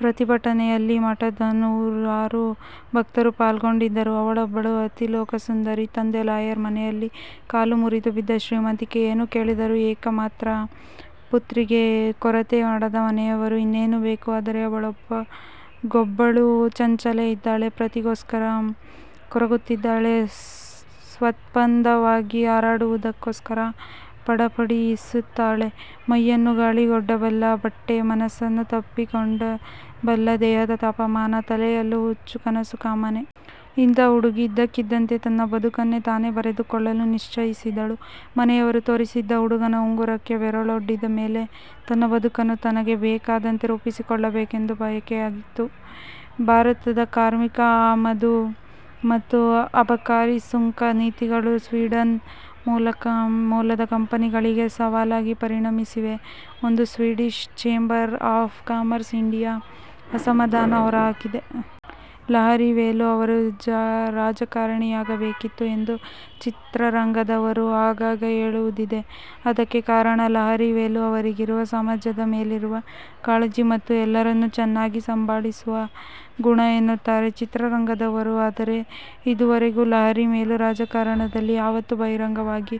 ಪ್ರತಿಭಟನೆಯಲ್ಲಿ ಮಠದನೂರಾರು ಭಕ್ತರು ಪಾಲ್ಗೊಂಡಿದ್ದರು. ಅವಳೊಬ್ಬಳು ಅತಿಲೋಕಸುಂದರಿ. ತಂದೆ ಲಾಯರ್, ಮನೆಯಲ್ಲಿ ಕಾಲು ಮುರಿದು ಬಿದ್ದ ಶ್ರೀಮಂತಿಕೆ, ಏನು ಕೇಳಿದರೂ ಏಕಮಾತ್ರ ಪುತ್ರಿಗೆ ಕೊರತೆ ಮಾಡದ ಮನೆಯವರು. ಇನ್ನೇನು ಬೇಕು? ಆದರೆ ಅವಳೊಳಗೊಬ್ಬಳು ಚಂಚಲೆ ಇದ್ದಾಳೆ, ಪ್ರೀತಿಗೋಸ್ಕರ ಕೊರಗುತ್ತಾಳೆ, ಸ್ವತ್ಛಂದವಾಗಿ ಹಾರಾಡುವುದಕ್ಕೋಸ್ಕರ ಫಡಫಡಿಸುತ್ತಾಳೆ. ಮೈಯನ್ನು ಗಾಳಿಗೊಡ್ಡಬಲ್ಲ ಬಟ್ಟೆ, ಮನಸನ್ನು ತಂಪಿಗೊಡ್ಡಬಲ್ಲ ದೇಹದ ತಾಪಮಾನ, ತಲೆಯಲ್ಲು ಹುಚ್ಚು ಕನಸು ಕಾಮನೆ. ಇಂಥ ಹುಡುಗಿ ಇದ್ದಕ್ಕಿದ್ದಂತೇ ತನ್ನ ಬದುಕನ್ನು ತಾನೇ ಬರೆದುಕೊಳ್ಳಲು ನಿಶ್ಚಯಿಸಿದಳು. ಮನೆಯವರು ತೋರಿಸಿದ್ದ ಹುಡುಗನ ಉಂಗುರಕ್ಕೆ ಬೆರಳೊಡ್ಡಿದ ಮೇಲೆ ತನ್ನ ಬದುಕನ್ನು ತನಗೆ ಬೇಕಾದಂತೆ ರೂಪಿಸಿಕೊಳ್ಳಬೇಕೆಂದು ಬಯಕೆಯಾಯ್ತು. ಭಾರತದ ಕಾರ್ಮಿಕ ಆಮದು ಮತ್ತು ಅಬಕಾರಿ ಸುಂಕ ನೀತಿಗಳು ಸ್ವೀಡನ್ ಮೂಲದ ಕಂಪನಿಗಳಿಗೆ ಸವಾಲಾಗಿ ಪರಿಣಮಿಸಿವೆ ಎಂದು Swedish chamber of commerce India ಅಸಮಾಧಾನ ಹೊರಹಾಕಿದೆ. ಲಹರಿ ವೇಲು ಅವರು ರಾಜಕಾರಣಿಯಾಗಬೇಕಿತ್ತು ಎಂದು ಚಿತ್ರರಂಗದವರು ಆಗಾಗ ಹೇಳುವುದಿದೆ. ಅದಕ್ಕೆ ಕಾರಣ ಲಹರಿ ವೇಲು ಅವರಿಗಿರುವ ಸಮಾಜದ ಮೇಲಿರುವ ಕಾಳಜಿ ಮತ್ತು ಎಲ್ಲರನ್ನೂ ಚೆನ್ನಾಗಿ ಸಂಭಾಳಿಸುವ ಗುಣ ಎನ್ನುತ್ತಾರೆ ಚಿತ್ರರಂಗದವರು. ಆದರೆ, ಇದುವರೆಗೂ ಲಹರಿ ವೇಲು ರಾಜಕಾರಣದಲ್ಲಿ ಯಾವತ್ತೂ ಬಹಿರಂಗವಾಗಿ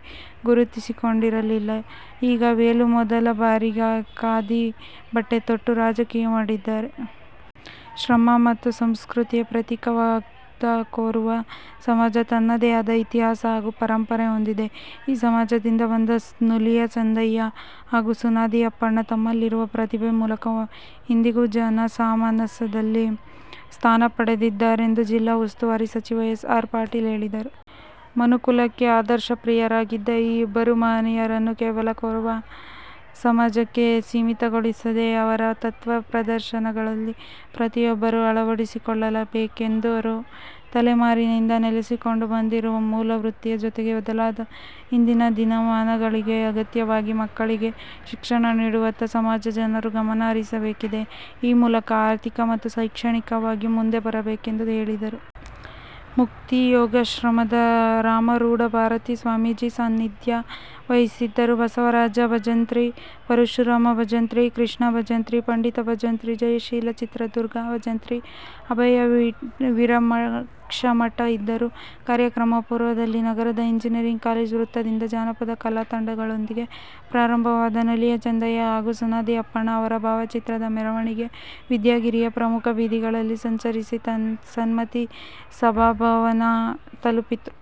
ಗುರುತಿಸಿಕೊಂಡಿರಲಿಲ್ಲ. ಈಗ ವೇಲು ಮೊದಲ ಬಾರಿಗೆಖಾದಿ ಬಟ್ಟೆ ತೊಟ್ಟು, ರಾಜಕೀಯ ಮಾಡಿದ್ದಾರೆ. ಶ್ರಮ ಮತ್ತು ಸಂಸ್ಕೃತಿಯ ಪ್ರತೀಕವಾದ ಕೊರವ ಸಮಾಜ ತನ್ನದೆಯಾದ ಇತಿಹಾಸ ಹಾಗೂ ಪರಂಪರೆ ಹೊಂದಿದೆ. ಈ ಸಮಾಜದಿಂದ ಬಂದ ನುಲಿಯ ಚಂದಯ್ಯ ಹಾಗೂ ಸನಾದಿ ಅಪ್ಪಣ್ಣ ತಮ್ಮಲ್ಲಿರುವ ಪ್ರತಿಭೆ ಮೂಲಕ ಇಂದಿಗೂ ಜನಮಾನಸದಲ್ಲಿ ಸ್ಥಾನ ಪಡೆದಿದ್ದಾರೆಂದು ಜಿಲ್ಲಾ ಉಸ್ತುವಾರಿ ಸಚಿವ ಎಸ್. ಆರ್. ಪಾಟೀಲ ಹೇಳಿದರು. ಮನುಕುಲಕ್ಕೆ ಆದರ್ಶ ಪ್ರಿಯರಾಗಿದ್ದ ಈ ಇಬ್ಬರು ಮಹನಿಯರನ್ನು ಕೇವಲ ಕೊರವ ಸಮಾಜಕ್ಕೆ ಸೀಮಿತಗೊಳಿಸದೆ ಅವರ ತತ್ವ ಆದರ್ಶಗಳನ್ನು ಪ್ರತಿಯೊಬ್ಬರೂ ಅಳವಡಿಸಿಕೊಳ್ಳಬೇಕೆಂದರು. ತಲೆಮಾರಿನಿಂದ ನಡೆಸಿಕೊಂಡು ಬಂದಿರುವ ಮೂಲ ವೃತ್ತಿಯ ಜೊತೆಗೆ ಬದಲಾದ ಇಂದಿನ ದಿನಮಾನಗಳಿಗೆ ಅಗತ್ಯವಾಗಿ ಮಕ್ಕಳಿಗೆ ಶಿಕ್ಷಣ ನೀಡುವತ್ತ ಸಮಾಜದ ಜನರು ಗಮನ ಹರಿಸಬೇಕಿದೆ. ಈ ಮೂಲಕ ಆರ್ಥಿಕ ಮತ್ತು ಶೈಕ್ಷಣಿಕವಾಗಿ ಮುಂದೆ ಬರಬೇಕೆಂದು ಹೇಳಿದರು. ಮುಕ್ತಿ ಯೋಗಾಶ್ರಮದ ರಾಮರೂಢ ಭಾರತಿ ಸ್ವಾಮೀಜಿ ಸಾನ್ನಿಧ್ಯ ವಹಿಸಿದ್ದರು. ಬಸವರಾಜ ಭಜಂತ್ರಿ, ಪರಶುರಾಮ ಭಜಂತ್ರಿ, ಕೃಷ್ಣಾ ಭಂಜತ್ರಿ, ಪಂಡಿತ ಭಜಂತ್ರಿ, ಜಯಶೀಲಾ ಚಿತ್ರದುರ್ಗ, ಭಜಂತ್ರಿ, ಅಭಯ ವಿರಕ್ಷಮಠ ಇದ್ದರು. ಕಾರ್ಯಕ್ರಮ ಪೂರ್ವದಲ್ಲಿ ನಗರದ ಎಂಜನಿಯರಿಂಗ್ ಕಾಲೇಜ್ ವೃತ್ತದಿಂದ ಜಾನಪದ ಕಲಾ ತಂಡಗಳೊಂದಿಗೆ ಪ್ರಾರಂಭವಾದ ನುಲಿಯ ಚಂದಯ್ಯ ಹಾಗೂ ಸನಾದಿ ಅಪ್ಪಣ್ಣ ಅವರ ಭಾವಚಿತ್ರದ ಮೆರವಣಿಗೆ ವಿದ್ಯಾಗಿರಿಯ ಪ್ರಮುಖ ಬೀದಿಗಳಲ್ಲಿ ಸಂಚರಿಸಿ ಸನ್ಮತಿ ಸಭಾಭವನ ತಲುಪಿತು.